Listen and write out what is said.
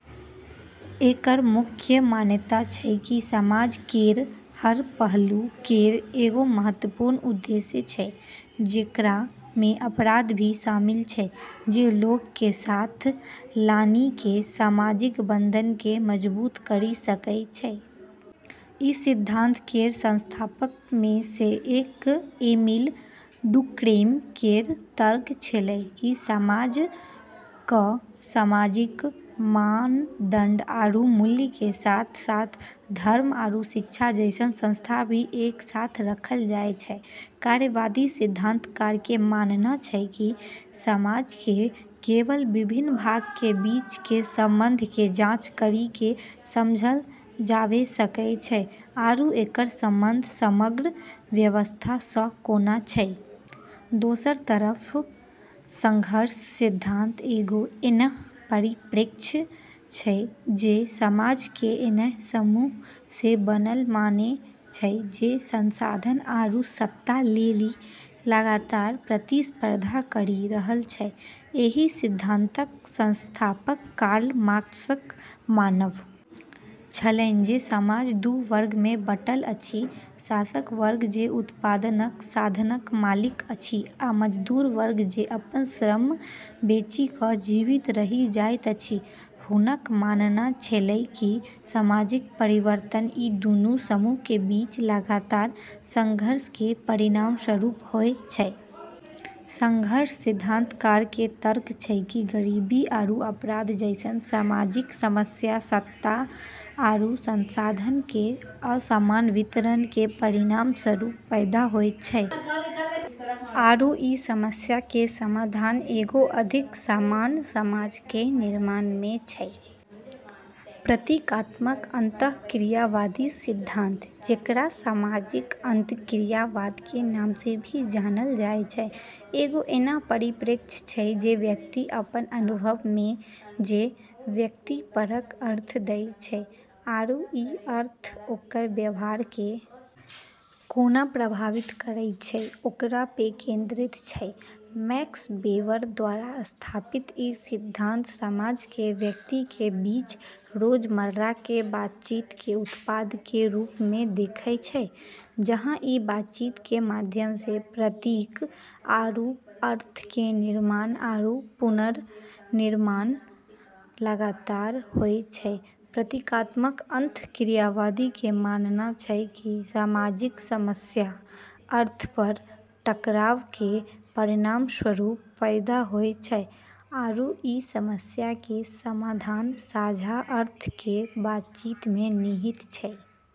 एकरऽ मुख्य मान्यता छै कि समाज केरऽ हर पहलू केरऽ एगो महत्वपूर्ण उद्देश्य छै जेकरा मे अपराध भी शामिल छै जे लोगऽ के एक साथ लानी के सामाजिक बंधन के मजबूत करी सकै छै। ई सिद्धांत केरऽ संस्थापकऽ मे से एक एमिल डुर्केइम केरऽ तर्क छेलै कि समाज क॑ सामाजिक मानदंड आरू मूल्यऽ के साथ-साथ धर्म आरू शिक्षा जैसनऽ संस्था भी एक साथ रखलऽ जाय छै, कार्यवादी सिद्धांतकारऽ के मानना छै कि समाज के केवल विभिन्न भागऽ के बीच के संबंधऽ के जांच करी के समझलऽ जाबे सकै छै आरू एकरऽ संबंध समग्र व्यवस्था स॑ कोना छै। दोसरऽ तरफ संघर्ष सिद्धांत एगो ऐन्हऽ परिप्रेक्ष्य छै जे समाज के ऐन्हऽ समूहऽ से बनलऽ माने छै जे संसाधन आरू सत्ता लेली लगातार प्रतिस्पर्धा करी रहलऽ छै, एहि सिद्धांतक संस्थापक कार्ल मार्क्सक मानब छलनि जे समाज दू वर्ग मे बँटल अछि, शासक वर्ग जे उत्पादनक साधनक मालिक अछि आ मजदूर वर्ग जे अपन श्रम बेचि क जीवित रहि जाइत अछि हुनकऽ मानना छेलै कि सामाजिक परिवर्तन ई दूनू समूह के बीच लगातार संघर्ष के परिणामस्वरूप होय छै। संघर्ष सिद्धांतकारऽ के तर्क छै कि गरीबी आरू अपराध जैसनऽ सामाजिक समस्या सत्ता आरू संसाधनऽ के असमान वितरण के परिणामस्वरूप पैदा होय छै आरू ई समस्या के समाधान एगो अधिक समान समाज के निर्माण मे छै। प्रतीकात्मक अंतःक्रियावादी सिद्धांत जेकरा सामाजिक अंतःक्रियावाद के नाम से भी जानलऽ जाय छै, एगो ऐन्हऽ परिप्रेक्ष्य छै जे व्यक्ति अपनऽ अनुभव मे जे व्यक्तिपरक अर्थ दै छै‌ आरू ई अर्थ ओकरऽ व्यवहार के कोना प्रभावित करै छै ओकरा पे केंद्रित छै, मैक्स वेबर द्वारा स्थापित ई सिद्धांत समाज के व्यक्ति के बीच रोजमर्रा के बातचीत के उत्पाद के रूप मे देखै छै, जहाँ ई बातचीत के माध्यम से प्रतीक आरू अर्थ के निर्माण आरू पुनर्निर्माण लगातार होय छै, प्रतीकात्मक अंतःक्रियावादी के मानना छै कि सामाजिक समस्या अर्थऽ पर टकराव के परिणामस्वरूप पैदा होय छै आरू ई समस्या के समाधान साझा अर्थ के बातचीत में निहित छै।